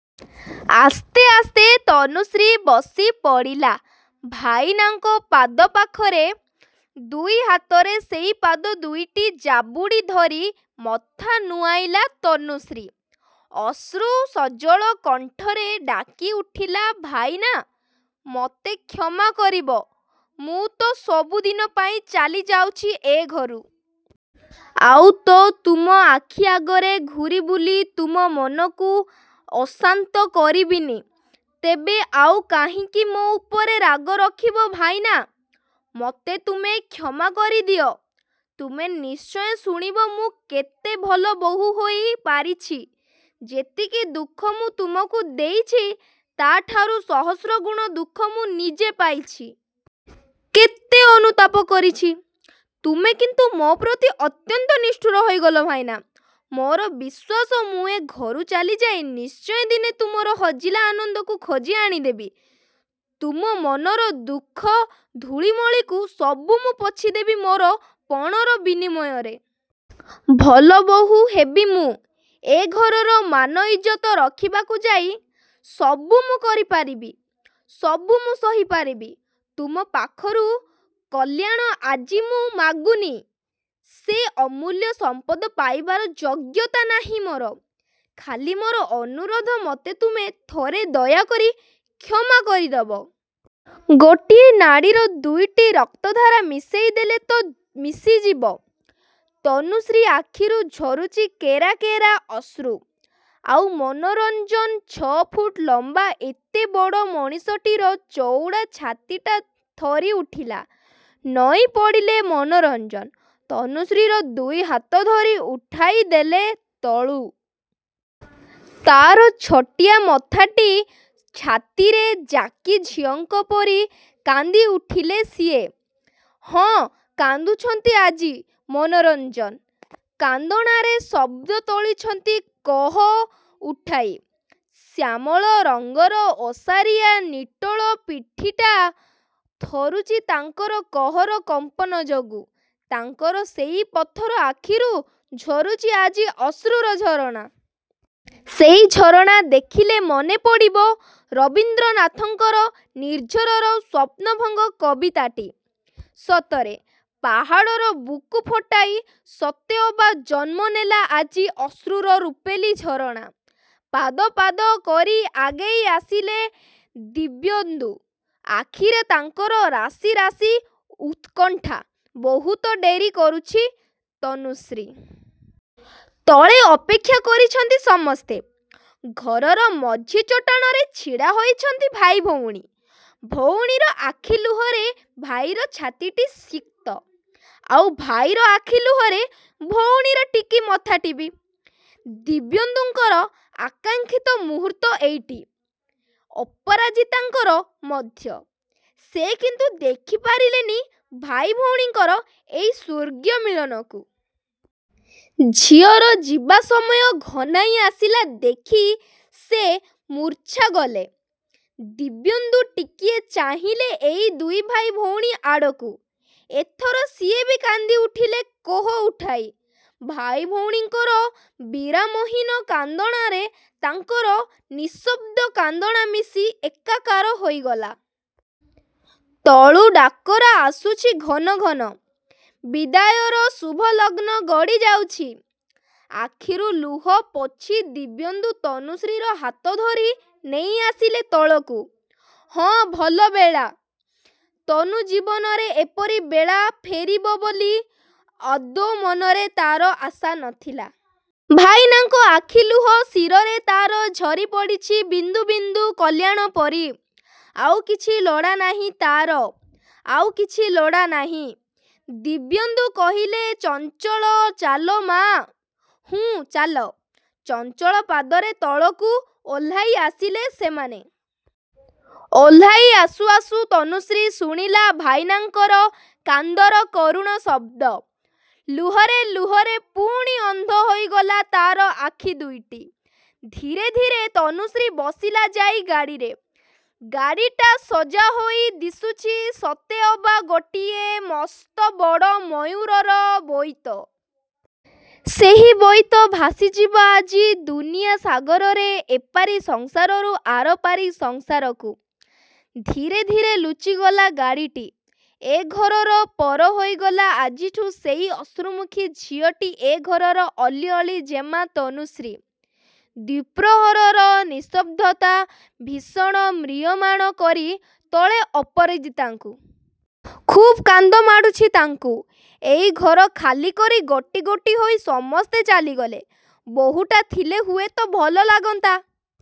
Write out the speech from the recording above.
ଆସ୍ତେ ଆସ୍ତେ ତନୁଶ୍ରୀ ବସି ପଡ଼ିଲା ଭାଇନାଙ୍କ ପାଦ ପାଖରେ। ଦୁଇ ହାତରେ ସେଇ ପାଦ ଦୁଇଟି ଜାବୁଡ଼ି ଧରି ମଥା ନୁଆଁଇଲା ତନୁଶ୍ରୀ। ଅଶ୍ରୁ ସଜଳ କଣ୍ଠରେ ଡାକି ଉଠିଲା ଭାଇନା, ମତେ କ୍ଷମା କରିବ। ମୁଁ ତ ସବୁଦିନ ପାଇଁ ଚାଲି ଯାଉଛି ଏ ଘରୁ। ଆଉ ତ ତୁମ ଆଖି ଆଗରେ ଘୂରି ବୁଲି ତୁମ ମନକୁ ଅଶାନ୍ତ କରିବିନି, ତେବେ ଆଉ କାହିଁକି ମୋ ଉପରେ ରାଗ ରଖିବ ଭାଇନା, ମତେ ତୁମେ କ୍ଷମା କରିଦିଅ। ତୁମେ ନିଶ୍ଚୟ ଶୁଣିବ ମୁଁ କେତେ ଭଲ ବୋହୂ ହୋଇ ପାରିଛି। ଯେତିକି ଦୁଃଖ ମୁଁ ତୁମକୁ ଦେଇଛି ତା'ଠାରୁ ସହସ୍ର ଗୁଣ ଦୁଃଖ ମୁଁ ନିଜେ ପାଇଛି। କେତେ ଅନୁତାପ କରିଛି। ତୁମେ କିନ୍ତୁ ମୋ ପ୍ରତି ଅତ୍ୟନ୍ତ ନିଷ୍ଠୁର ହୋଇଗଲ ଭାଇନା। ମୋର ବିଶ୍ୱାସ ମୁଁ ଏ ଘରୁ ଚାଲି ଯାଇ ନିଶ୍ଚୟ ଦିନେ ତୁମର ହଜିଲା ଆନନ୍ଦକୁ ଖୋଜି ଆଣି ଦେବି। ତୁମ ମନର ଦୁଃଖ ଧୂଳିମଳିକୁ ସବୁ ମୁଁ ପୋଛି ଦେବି ମୋର ପଣର ବିନିମୟରେ। ଭଲ ବୋହୂ ହେବି ମୁଁ। ଏ ଘରର ମାନ ଇଜ୍ଜତ ରଖିବାକୁ ଯାଇ ସବୁ ମୁଁ କରି ପାରିବି। ସବୁ ମୁଁ ସହି ପାରିବି। ତୁମ ପାଖରୁ କଲ୍ୟାଣ ଆଜି ମୁଁ ମାଗୁନି। ସେ ଅମୂଲ୍ୟ ସମ୍ପଦ ପାଇବାର ଯୋଗ୍ୟତା ନାହିଁ ମୋର। ଖାଲି ମୋର ଅନୁରୋଧ ମତେ ତୁମେ ଥରେ ଦୟାକରି କ୍ଷମା କରି ଦବ। ଗୋଟିଏ ନାଡ଼ିର ଦୁଇଟି ରକ୍ତଧାରା ମିଶେଇ ଦେଲେ ତ ମିଶିଯିବ। ତନୁଶ୍ରୀ ଆଖିରୁ ଝରୁଛି କେରା କେରା ଅଶ୍ରୁ। ଆଉ ମନୋରଞ୍ଜନ ଛଅ ଫୁଟ ଲମ୍ବା ଏତେ ବଡ଼ ମଣିଷଟିର ଚଉଡ଼ା ଛାତିଟା ଥରି ଉଠିଲା। ନଇଁ ପଡ଼ିଲେ ମନୋରଞ୍ଜନ। ତନୁଶ୍ରୀର ଦୁଇ ହାତ ଧରି ଉଠାଇ ଦେଲେ ତଳୁ। ତା'ର ଛୋଟିଆ ମଥାଟି ଛାତିରେ ଯାକି ଝିଅଙ୍କ ପରି କାନ୍ଦି ଉଠିଲେ ସିଏ। ହଁ, କାନ୍ଦୁଛନ୍ତି ଆଜି ମନୋରଞ୍ଜନ। କାନ୍ଦଣାରେ ଶବ୍ଦ ତୋଳିଛନ୍ତି କହ ଉଠାଇ। ଶ୍ୟାମଳ ରଙ୍ଗର ଓସାରିଆ ନିଟୋଳ ପିଠିଟା ଥରୁଛି ତାଙ୍କର କହର କମ୍ପନ ଯୋଗୁଁ। ତାଙ୍କର ସେଇ ପଥର ଆଖିରୁ ଝରୁଛି ଆଜି ଅଶ୍ରୁର ଝରଣା। ସେଇ ଝରଣା ଦେଖିଲେ ମନେ ପଡ଼ିବ ରବୀନ୍ଦ୍ରନାଥଙ୍କର 'ନିର୍ଝରର ସ୍ୱପ୍ନଭଙ୍ଗ' କବିତାଟି। ସତରେ, ପାହାଡ଼ର ବୁକୁ ଫଟାଇ ସତେଅବା ଜନ୍ମ ନେଲା ଆଜି ଅଶ୍ରୁର ରୂପେଲି ଝରଣା। ପାଦ, ପାଦ କରି ଆଗେଇ ଆସିଲେ ଦିବ୍ୟେନ୍ଦୁ। ଆଖିରେ ତାଙ୍କର ରାଶି ରାଶି ଉତ୍କଣ୍ଠା। ବହୁତ ଡେରି କରୁଛି ତନୁଶ୍ରୀ। ତଳେ ଅପେକ୍ଷା କରିଛନ୍ତି ସମସ୍ତେ। ଘରର ମଝି ଚଟାଣରେ ଛିଡ଼ା ହୋଇଛନ୍ତି ଭାଇ ଭଉଣୀ। ଭଉଣୀର ଆଖି ଲୁହରେ ଭାଇର ଛାତିଟି ସିକ୍ତ, ଆଉ ଭାଇର ଆଖି ଲୁହରେ ଭଉଣୀର ଟିକି ମଥାଟି ବି। ଦିବ୍ୟେନ୍ଦୁଙ୍କର ଆକାଂକ୍ଷିତ ମୁହୂର୍ତ୍ତ ଏଇଟି। ଅପରାଜିତାଙ୍କର ମଧ୍ୟ। ସେ କିନ୍ତୁ ଦେଖି ପାରିଲେନି ଭାଇ ଭଉଣୀଙ୍କର ଏଇ ସ୍ୱର୍ଗୀୟ ମିଳନକୁ। ଝିଅର ଯିବା ସମୟ ଘନାଇ ଆସିଲା ଦେଖି ସେ ମୂର୍ଚ୍ଛା ଗଲେ। ଦିବ୍ୟେନ୍ଦୁ ଟିକିଏ ଚାହିଁଲେ ଏଇ ଦୁଇ ଭାଇ ଭଉଣୀ ଆଡ଼କୁ। ଏଥର ସିଏ ବି କାନ୍ଦି ଉଠିଲେ କୋହ ଉଠାଇ। ଭାଇ ଭଉଣୀଙ୍କର ବିରାମହୀନ କାନ୍ଦଣାରେ ତାଙ୍କର ନିଃଶବ୍ଦ କାନ୍ଦଣା ମିଶି ଏକାକାର ହୋଇଗଲା। ତଳୁ ଡାକରା ଆସୁଛି ଘନ ଘନ। ବିଦାୟର ଶୁଭଲଗ୍ନ ଗଡ଼ି ଯାଉଛି। ଆଖିରୁ ଲୁହ ପୋଛି ଦିବ୍ୟେନ୍ଦୁ ତନୁଶ୍ରୀର ହାତ ଧରି ନେଇ ଆସିଲେ ତଳକୁ। ହଁ ଭଲ ବେଳା। ତନୁ ଜୀବନରେ ଏପରି ବେଳା ଫେରିବ ବୋଲି ଆଦୌ ମନରେ ତା'ର ଆଶା ନଥିଲା। ଭାଇନାଙ୍କ ଆଖି ଲୁହ ଶିରରେ ତା'ର ଝରି ପଡ଼ିଛି ବିନ୍ଦୁ ବିନ୍ଦୁ କଲ୍ୟାଣ ପରି। ଆଉ କିଛି ଲୋଡ଼ା ନାହିଁ ତା'ର, ଆଉ କିଛି ଲୋଡ଼ା ନାହିଁ। ଦିବ୍ୟେନ୍ଦୁ କହିଲେ ଚଞ୍ଚଳ ଚାଲ ମାଆ। ହୁଁ ଚାଲ। ଚଞ୍ଚଳ ପାଦରେ ତଳକୁ ଓହ୍ଲା‌ଇ ଆସିଲେ ସେମାନେ। ଓହ୍ଲା‌ଇ ଆସୁ ଆସୁ ତନୁଶ୍ରୀ ଶୁଣିଲା ଭାଇନାଙ୍କର କାନ୍ଦର କରୁଣ ଶବ୍ଦ। ଲୁହରେ ଲୁହରେ ପୁଣି ଅନ୍ଧ ହୋଇଗଲା ତା'ର ଆଖି ଦୁଇଟି। ଧୀରେ ଧୀରେ ତନୁଶ୍ରୀ ବସିଲା ଯାଇ ଗାଡ଼ିରେ। ଗାଡ଼ିଟା ସଜା ହୋଇ ଦିଶୁଛି ସତେଅବା ଗୋଟିଏ ମସ୍ତ ବଡ଼ ମୟୂରର ବୋଇତ। ସେହି ବୋଇତ ଭାସି ଯିବ ଆଜି ଦୁନିଆ ସାଗରରେ ଏପାରି ସଂସାରରୁ ଆରପାରି ସଂସାରକୁ। ଧୀରେ ଧୀରେ ଲୁଚି ଗଲା ଗାଡ଼ିଟି। ଏ ଘରର ପର ହୋଇଗଲା ଆଜିଠୁ ସେଇ ଅଶ୍ରୁମୁଖୀ ଝିଅଟି ଏ ଘରର ଅଲିଅଳି ଜେମା ତନୁଶ୍ରୀ। ଦ୍ୱିପ୍ରହରର ନିସ୍ତବ୍ଧତା ଭୀଷଣ ମ୍ରିୟମାଣ କରି ତୋଳେ ଅପରାଜିତାଙ୍କୁ। ଖୁବ୍ କାନ୍ଦ ମାଡ଼ୁଛି ତାଙ୍କୁ। ଏଇ ଘର ଖାଲି କରି ଗୋଟି ଗୋଟି ହୋଇ ସମସ୍ତେ ଚାଲିଗଲେ। ବୋହୂଟା ଥିଲେ ହୁଏତ ଭଲ ଲାଗନ୍ତା।